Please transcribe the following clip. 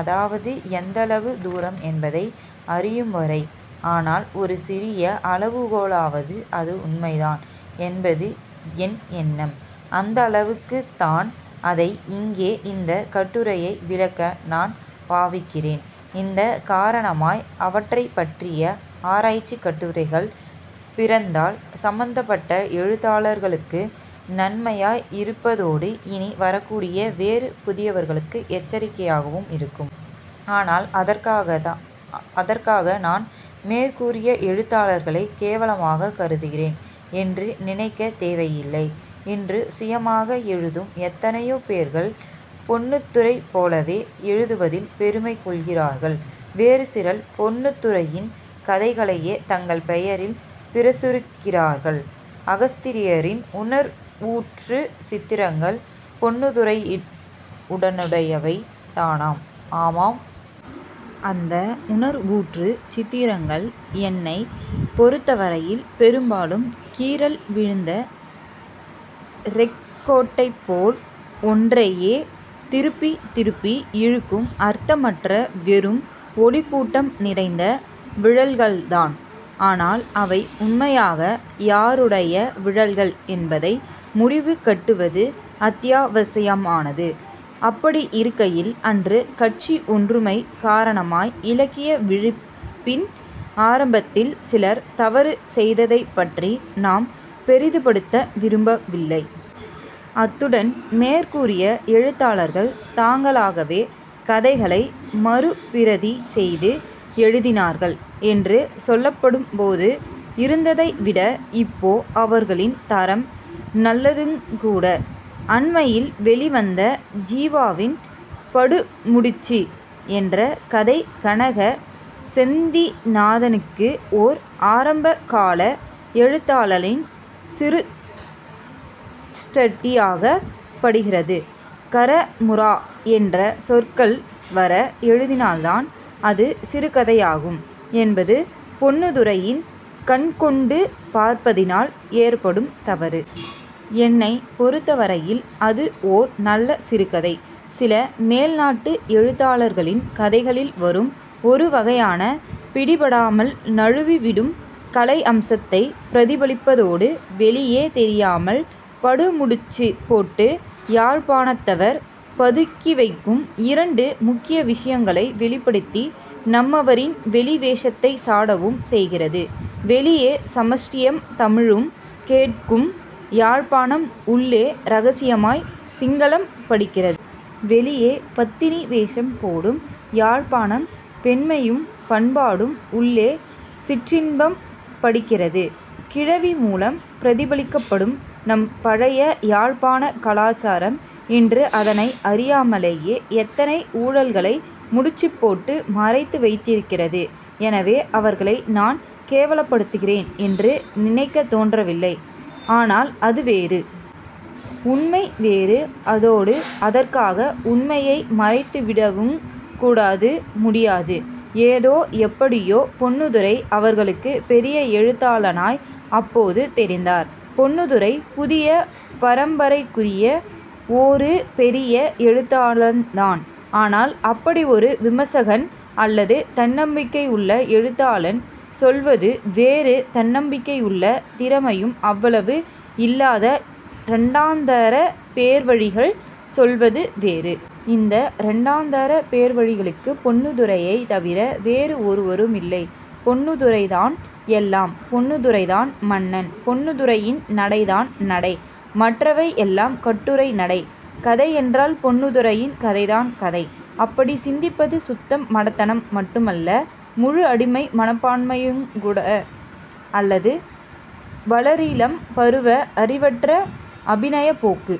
அதாவது, எந்தளவு தூரம் என்பதை அறியும்வரை. ஆனால் ஒரு சிறிய அளவுக்காவது அது உண்மைதான் என்பது என் எண்ணம். அந்தளவுக்குத் தான் அதை இங்கே இந்தக் கட்டுரையை விளக்க நான் பாவிக்கிறேன். இந்த காரணமாய் அவற்றைப்பற்றிய ஆராய்ச்சிக் கட்டுரைகள் பிறந்தால் சம்பந்தப்பட்ட எழுத்தாளர்களுக்கு நன்மையாய் இருப்பதோடு இனி வரக்கூடிய வேறு புதியவர்களுக்கு எச்சரிக்கையாகவும் இருக்கும். ஆனால், அதற்காக நான் மேற்கூறிய எழுத்தாளர்களைக் கேவலமாகக் கருதுகிறேன் என்று நினைக்கத் தேவையில்லை. இன்று சுயமாக எழுதும் எத்தனையோ பேர்கள் பொன்னுத்துரை போலவே எழுதுவதில் பெருமை கொள்கிறார்கள். வேறு சிலர் பொன்னுத்துரையின் கதைகளையே தங்கள் பெயரில் பிரசுரிக்கிறார்கள். அகஸ்தியரின் 'உணர்வூற்றுச் சித்திரங்கள்' பொன்னுத்துரையினுடையவைதானாம். ஆமாம், 'னாம். ' அந்த 'உணர்வூற்றுச் சித்திரங்கள் 'என்னைப் பொருத்தவரையில், பெரும்பாலும் கீறல் விழுந்த றெக்கோட்டைப்போல் ஒன்றையே திருப்பித் திருப்பி இழுக்கும் அர்த்தமற்ற வெறும் ஒலிக்கூட்டம் நிறைந்த விழல்கள்தான். ஆனால் அவை உண்மையாக யாருடைய விழல்கள் என்பதை முடிவு கட்டுவது அத்தியாவசியமானது. அப்படியிருக்கையில் அன்று கட்சி ஒன்றுமை காரணமாய், இலக்கிய விழிப்பின் ஆரம்பத்தில் சிலர் தவறு செய்ததைப்பற்றி நாம் பெரிதுபடுத்த விரும்பவில்லை. அத்துடன், மேற்கூறிய எழுத்தாளர்கள் தாங்களாகவே கதைகளை மறுபிரதி செய்து எழுதினார்கள் என்று சொல்லப்படும்போது இருந்ததைவிட, இப்போ அவர்களின் தரம் நல்லதுங்கூட. அண்மையில் வெளிவந்த ஜீவாவின் 'படுமுடிச்சு' என்ற கதை கனக செந்திநாதனுக்கு ஓர் ஆரம்பகால எழுத்தாளனின் சிருஷ்டியாகப் படுகிறது. 'கறமுறா' என்ற சொற்கள் வர எழுதினால்தான் அது சிறுகதையாகும் என்பது பொன்னுத்துரையின் கண்கொண்டு பார்ப்பதினால் ஏற்படும் தவறு. என்னைப் பொருத்தவரையில் அது ஓர் நல்ல சிறு கதை. சில மேல்நாட்டு எழுத்தாளர்களின் கதைகளில் வரும் ஒருவகையான பிடிபடாமல் நழுவிவிடும் கலையம்சத்தைப் பிரதிபலிப்பதோடு, வெளியே தெரியாமல் படுமுடிச்சுப் போட்டு யாழ்ப்பாணத்தவர் பதுக்கிவைக்கும் இரண்டு முக்கிய விஷயங்களை வெளிப்படுத்தி நம்மவரின் வெளி வேசத்தைச் சாடவும் செய்கிறது. வெளியே சமஷ்டியும் தமிழும் கேட்கும் யாழ்ப்பாணம் உள்ளே இரகசியமாய் சிங்களம் படிக்கிறது. வெளியே பத்தினி வேசம் போடும் யாழ்ப்பாணப் பெண்மையும் பண்பாடும் உள்ளே 'சிற்றின்பம்' படிக்கிறது. கிழவி மூலம் பிரதிபலிக்கப்படும் நம் பழைய யாழ்ப்பாணக் கலாச்சாரம் இன்று அதனை அறியாமலேயே எத்தனை ஊழல்களை முடிச்சுப்போட்டு மறைத்து வைத்திருக்கிறது. எனவே, அவர்களை நான் கேவலப்படுத்துகிறேன் என்று நினைக்கத் தோன்றவில்லை. ஆனால் அது வேறு. உண்மை வேறு. அதோடு, அதற்காக உண்மையை மறைத்துவிடவுங் கூடாது, முடியாது. ஏதோ, எப்படியோ பொன்னுத்துரை அவர்களுக்குப் பெரிய எழுத்தாளனாய் அப்போது தெரிந்தார். பொன்னத்துரை புதிய பரம்பரைக்குரிய ஓரு பெரிய எழுத்தாளன்தான். ஆனால் அப்படி ஒரு விமர்சகன் அல்லது தன்னம்பிக்கையுள்ள எழுத்தாளன் சொல்வது வேறு, தன்னம்பிக்கையுள்ள திறமையும் அவ்வளவு இல்லாத இரண்டாந்தரப் பேர்வழிகள் சொல்வது வேறு. இந்த இரண்டாந்தரப் பேர்வழிகளுக்கு பொன்னுத்துரையைத் தவிர வேறு ஒருவரும் இல்லை. பொன்னுத்துரைதான் எல்லாம். பொன்னுத்துரைதான் மன்னன். பொன்னுத்துரையின் நடைதான் நடை. மற்றவை எல்லாம் கட்டுரை நடை. கதையென்றால் பொன்னுத்துரையின் கதைதான் கதை! அப்படிச் சிந்திப்பது சுத்த மடத்தனம் மட்டுமல்ல, முழு அடிமை மனப்பான்மையுங்கூட, அல்லது வளரிளம் பருவ அறிவற்ற அபிநயப்போக்கு.